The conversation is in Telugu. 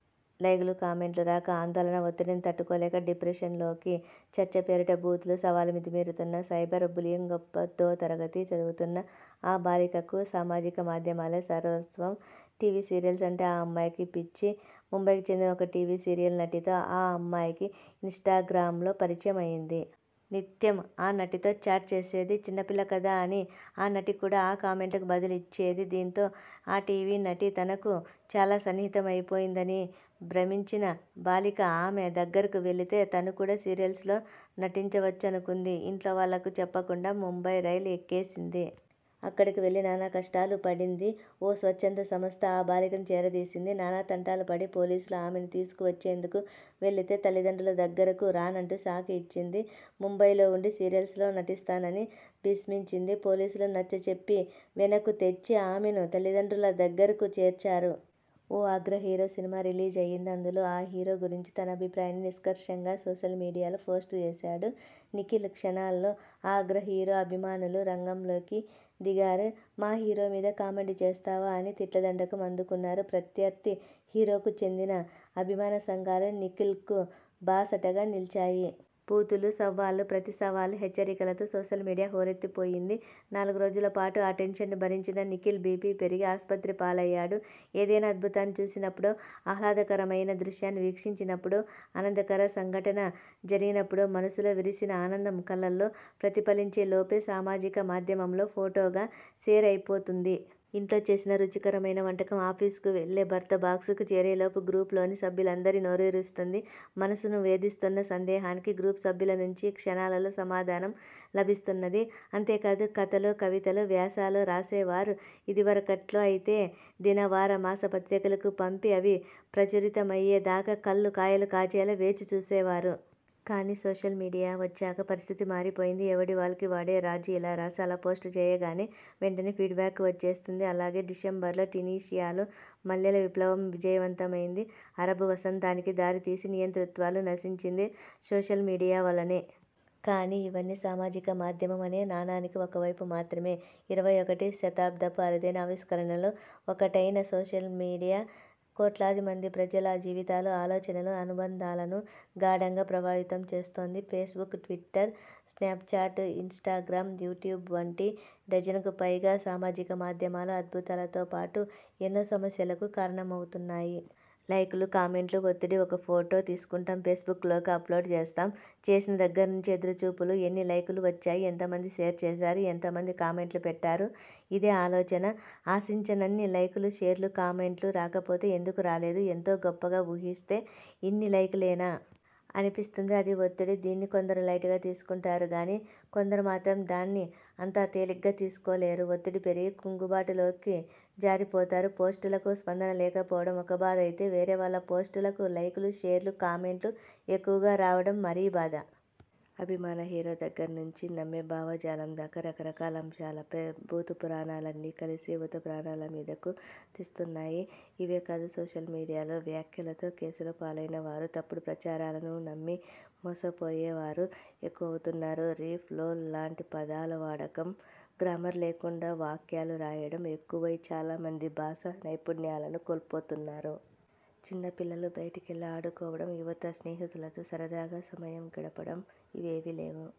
లైక్లు, కామెంట్లు రాక ఆందోళన ఒత్తిడి తట్టుకోలేక డిప్రెషన్లోకి చర్చ పేరిట బూతులు, సవాళ్లు మితి మీరుతున్న సైబర్ బుల్లీయింగ్పదోతరగతి చదువుతున్న ఆ బాలికకు సామాజిక మాధ్యమాలే సర్వస్వం. టీవీ సీరియల్స్ అంటే ఆ అమ్మాయికి పిచ్చి. ముంబైకి చెందిన ఒక టీవీ సీరియల్ నటితో ఆ అమ్మాయికి ఇన్స్టాగ్రామ్లో పరిచయం అయింది. నిత్యం ఆ నటితో చాట్ చేసేది. చిన్నపిల్ల కదా అని ఆ నటి కూడా ఆ కామెంట్లకు బదులిచ్చేది. దీంతో ఆ టీవీ నటి తనకు చాలా సన్నిహితం అయిపోయిందని భ్రమించిన బాలిక ఆమె దగ్గరకు వెళితే తను కూడా సీరియల్స్లో నటించ వచ్చనుకుంది. ఇంట్లో వాళ్లకు చెప్పకుండా ముంబై రైలు ఎక్కేసింది. అక్కడకు వెళ్లి నానా కష్టాలూ పడింది. ఓ స్వచ్ఛంద సంస్థ ఆ బాలికను చేరదీసింది. నానా తంటాలు పడి పోలీసులు ఆమెను తీసుకు వచ్చేందుకు వెళితే తల్లిదండ్రుల దగ్గరకు రానంటూ షాకిచ్చింది. ముంబైలో వుండి సీరియల్స్లో నటిస్తానని భీష్మించింది. పోలీసులు నచ్చ చెప్పి వెనక్కు తెచ్చి ఆమెను తల్లిదండ్రుల దగ్గరకు చేర్చారు. ఓ అగ్రహీరో సినిమా రిలీజ్ అయింది. అందులో ఆ హీరో గురించి తన అభిప్రాయాన్ని నిష్కర్షగా సోషల్ మీడియాలో పోస్ట్ చేశాడు నిఖిల్. క్షణాల్లో ఆ అగ్రహీరో అభిమానులు రంగంలోకి దిగారు. మా హీరో మీద కామెంట్ చేస్తావా అని తిట్ల దండకం అందుకున్నారు. ప్రత్యర్థి హీరోకు చెందిన అభిమాన సంఘాలు నిఖిల్కు బాసటగా నిలిచాయి. బూతులు, సవాళ్లు, ప్రతిసవాళ్లు, హెచ్చరికలతో సోషల్మీడియా హోరెత్తిపోయింది. నాలుగు రోజుల పాటు ఆ టెన్షన్ను భరించిన నిఖిల్ బీపీ పెరిగి ఆస్పత్రి పాలయ్యాడు. ఏదైనా అద్భుతాన్ని చూసినప్పుడో ఆహ్లాదకరమైన దృశ్యాన్ని వీక్షించినప్పుడో ఆనందకర సంఘటన జరిగినప్పుడో మనసులో విరిసిన ఆనందం కళ్లలో ప్రతిఫలించే లోపే సామాజిక మాధ్యమంలో ఫోటోగా షేర్ అయిపోతుంది. ఇంట్లో చేసిన రుచికరమైన వంటకం ఆఫీసుకు వెళ్లే భర్త బాక్స్కు చేరేలోపే గ్రూప్లోని సభ్యులందరి నోరూరిస్తుంది. మనసును వేధిస్తున్న సందేహానికి గ్రూప్ సభ్యుల నుంచి క్షణాల్లో సమాధానం లభిస్తున్నది. అంతేకాదు కథలో కవితలో వ్యాసాలో రాసేవారు ఇదివరకట్లో అయితే దిన, వార, మాస పత్రికలకు పంపి అవి ప్రచురితమయ్యేదాకా కళ్లు కాయలు కాచేలా వేచి చూసేవారు. కానీ సోషల్ మీడియా వచ్చాక పరిస్థితి మారిపోయింది. 'ఎవడి వాల్కి వాడే రాజు. ' ఇలా రాసి అలా పోస్ట్ చేయగానే వెంటనే ఫీడ్ బ్యాక్ వచ్చేస్తుంది. అలాగే డిసెంబరులో ట్యునీషియాలో మల్లెల విప్లవం విజయవంతమైంది అరబ్ వసంతానికి దారి తీసి నియంతృత్వాలు నశించింది సోషల్ మీడియా వల్లనే! కానీ ఇవన్నీ సామాజిక మాధ్యమం అనే నాణానికి ఒక వైపు మాత్రమే! ఇరవై ఒకటి శతాబ్దపు అరుదైన ఆవిష్కరణల్లో ఒకటైనసోషల్ మీడియా కోట్లాది మంది ప్రజల జీవితాలు, ఆలోచనలు, అనుబంధాలను గాఢంగా ప్రభావితం చేస్తోంది. Facebook, Twitter, Snapchat, Instagram, YouTube వంటి డజనుకు పైగా సామాజిక మాధ్యమాలు అద్భుతాలతోపాటు ఎన్నో సమస్యలకూ కారణమవుతున్నాయి. లైకులు కామెంట్ల ఒత్తిడి ఒక ఫొటో తీసుకుంటాం ఫేస్బుక్లోకి అప్లోడ్ చేస్తాం. చేసిన దగ్గర్నుంచీ ఎదురుచూపులు! ఎన్ని లైకులు వచ్చాయి ఎంత మంది షేర్ చేశారు ఎంత మంది కామెంట్లు పెట్టారు ఇదే ఆలోచన! ఆశించినన్ని లైకులు, షేర్లు, కామెంట్లు రాకపోతే ఎందుకు రాలేదు? ఎంతో గొప్పగా ఊహిస్తే ఇన్నిలైకులేనా? అనిపిస్తుంది. అది ఒత్తిడి. దీన్ని కొందరు లైట్ తీసుకుంటారు గానీ కొందరు మాత్రం దాన్ని అంత తేలిగ్గా తీసుకోలేరు. ఒత్తిడి పెరిగి కుంగుబాటు లోకి జారిపోతారు. పోస్టులకు స్పందన లేకపోవడం ఒక బాధ అయితే వేరేవాళ్ల పోస్టులకు లైకులు, షేర్లు, కామెంట్లు ఎక్కువగా రావడం మరీ బాధ! అభిమాన హీరో దగ్గర్నుంచీ నమ్మే భావజాలం దాకా రకరకాల అంశాలపై బూతు పురాణాలు, అన్నీ కలిసి యువత ప్రాణాల మీదకు తెస్తున్నాయి. ఇవే కాదు.. సోషల్ మీడియాలో వ్యాఖ్యలతో కేసులపాలైనవారు.. తప్పుడు ప్రచారాలను నమ్మి మోసపోయేవారు ఎక్కువవుతున్నారు. రిప్, లోల్ లాంటి పదాల వాడకం గ్రామర్ లేకుండా వాక్యాలు రాయడం ఎక్కువై చాలా మంది భాషా నైపుణ్యాలను కోల్పోతున్నారు. చిన్నపిల్లలు బయటికెళ్లి ఆడుకోవడం యువత స్నేహితులతో సరదాగా సమయం గడపడం ఇవేవీ లేవు.